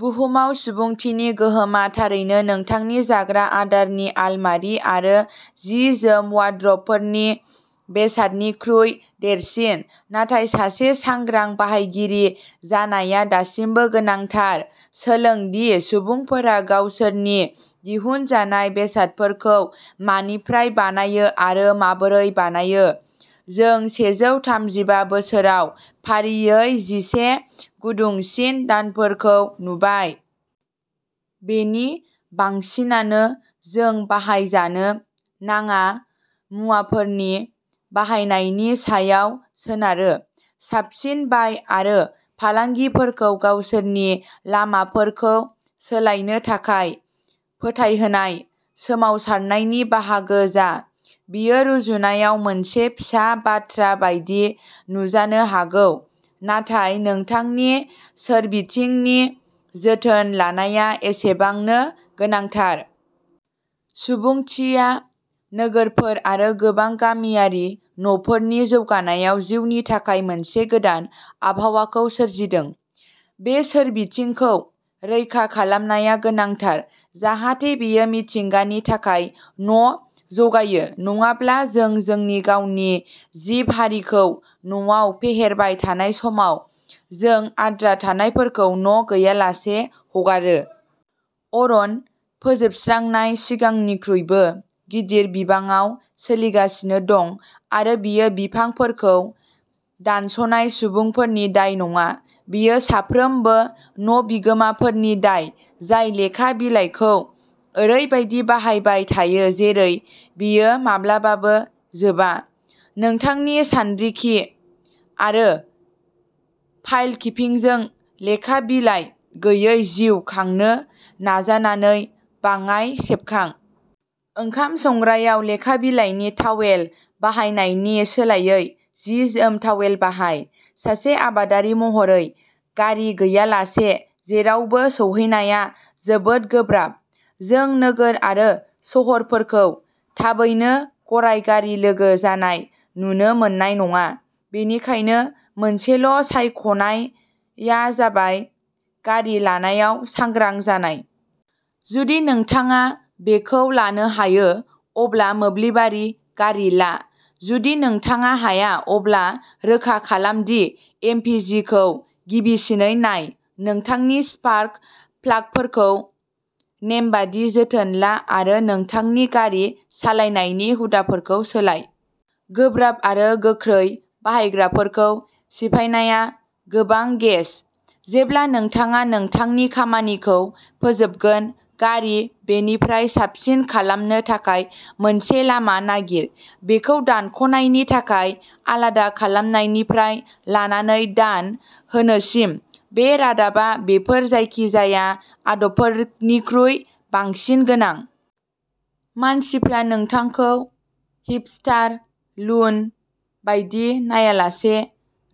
बुहुमाव सुबुंथिनि गोहोमआ थारैनो नोंथांनि जाग्रा आदारनि आलमारि आरो जि-जोम वार्ड्रबफोरनि बेसादनिख्रुइ देरसिन। नाथाय सासे सांग्रां बाहायगिरि जानाया दासिमबो गोनांथार। सोलों दि सुबुंफोरा गावसोरनि दिहुनजानाय बेसादफोरखौ मानिफ्राय बानायो आरो माबोरै बानायो। जों सेजौ थामजिबा बोसोराव फारियै जिसे गुदुंसिन दानफोरखौ नुबाय। बेनि बांसिनानो जों बाहायजानो नाङा मुवाफोरनि बाहायनायनि सायाव सोनारो। साबसिन बाय आरो फालांगिफोरखौ गावसोरनि लामाफोरखौ सोलायनो थाखाय फोथायहोनाय सोमावसारनायनि बाहागो जा। बेयो रुजुनायाव मोनसे फिसा बाथ्रा बायदि नुजानो हागौ, नाथाय नोंथांनि सोरबिथिंनि जोथोन लानाया एसेबांनो गोनांथार। सुबुंथिया नोगोरफोर आरो गोबां गामियारि न'फोरनि जौगानायाव जिउनि थाखाय मोनसे गोदान आबहावाखौ सोरजिदों। बै सोरबिथिंखौ रैखा खालामनाया गोनांथार जाहाथे बेयो मिथिंगानि थाखाय न' जगायो। नङाब्ला, जों जोंनि गावनि जिब-हारिखौ न'आव फेहेरबाय थानाय समाव, जों आद्रा थानायफोरखौ न' गैयालासे हगारो। अरन फोजोबस्रांनाय। सिगांनिख्रुइबो गिदिर बिबाङाव सोलिगासिनो दं आरो बेयो बिफांफोरखौ दानस'नाय सुबुंफोरनि दाय नङा। बेयो साफ्रोमबो न'बिगोमाफोरनि दाय जाय लेखा बिलाइखौ ओरैबायदि बाहायबाय थायो जेरै बेयो माब्लाबाबो जोबा। नोंथांनि सानरिखि आरो फाइल-किपिंजों लेखा बिलाइ गैयै जिउ खांनो नाजानानै बाङाय सेबखां। ओंखाम संग्रायाव लेखा बिलाइनि तावेल बाहायनायनि सोलायै, जि-जोम तावेल बाहाय। सासे आबादारि महरै, गारि गैयालासे जेरावबो सौहैनाया जोबोद गोब्राब। जों नोगोर आरो सोहोरफोरखौ थाबैनो गराय-गारि लोगो जानाय नुनो मोननाय नङा। बेनिखायनो मोनसेल' सायख'नायआ जाबाय गारि लानायाव सांग्रां जानाय। जुदि नोंथाङा बेखौ लानो हायो, अब्ला मोब्लिबारि गारि ला। जुदि नोंथाङा हाया, अब्ला रोखा खालाम दि एम पि जि खौ गिबिसिनै नाय। नोंथांनि स्पार्क प्लागफोरखौ नेमबादि जोथोन ला आरो नोंथांनि गारि सालायनायनि हुदाफोरखौ सोलाय। गोब्राब आरो गोख्रै बाहायग्राफोरखौ सिफायनायआ गोबां गेस। जेब्ला नोंथाङा नोंथांनि खामानिखौ फोजोबगोन। गारि, बेनिफ्राय साबसिन खालामनो थाखाय मोनसे लामा नागिर। बेखौ दानख'नायनि थाखाय आलादा खालामनायनिफ्राय लानानै दान होनोसिम। बे रादाबा बेफोर जायखिजाया आदबफोरनिख्रुइ बांसिन गोनां। मानसिफ्रा नोंथांखौ हिपस्टार लुन बायदि नायालासे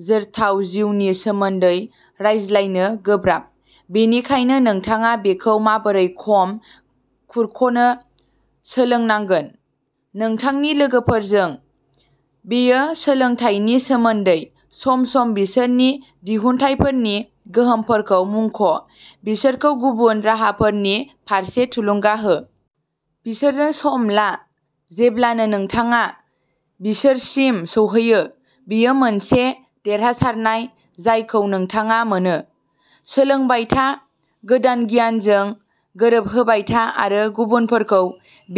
जोरथाव जिउनि सोमोन्दै रायज्लायनो गोब्राब। बेनिखायनो नोंथाङा बेखौ माबोरै खम खुरख'नो सोलोंनांगोन। नोंथांनि लोगोफोरजों, बेयो सोलोंथायनि सोमोन्दै। सम-सम बिसोरनि दिहुनथायफोरनि गोहोमफोरखौ मुंख'। बिसोरखौ गुबुन राहाफोरनि फारसे थुलुंगा हो। बिसोरजों सम ला। जेब्लानो नोंथाङा बिसोरसिम सौहैयो, बेयो मोनसे देरहासारनाय जायखौ नोंथाङा मोनो। सोलोंबाय था, गोदान गियानजों गोरोबहोबाय था आरो गुबुनफोरखौ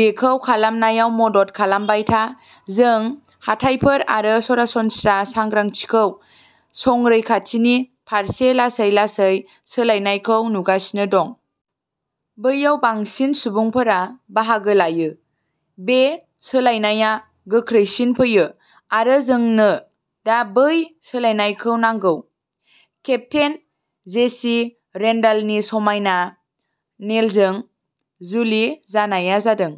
बेखौ खालामनायाव मदद खालामबाय था। जों हाथाइफोर आरो सरासनस्रा सांग्रांथिखौ संरैखाथिनि फारसे लासै-लासै सोलायनायखौ नुगासिनो दं। बैयाव बांसिन सुबुंफोरा बाहागो लायो, बे सोलायनायआ गोख्रैसिन फैयो। आरो जोंनो दा बै सोलायनायखौ नांगौ। केप्टेन जेसि रेन्डालनि समायना नेलजों जुलि जानाया जादों।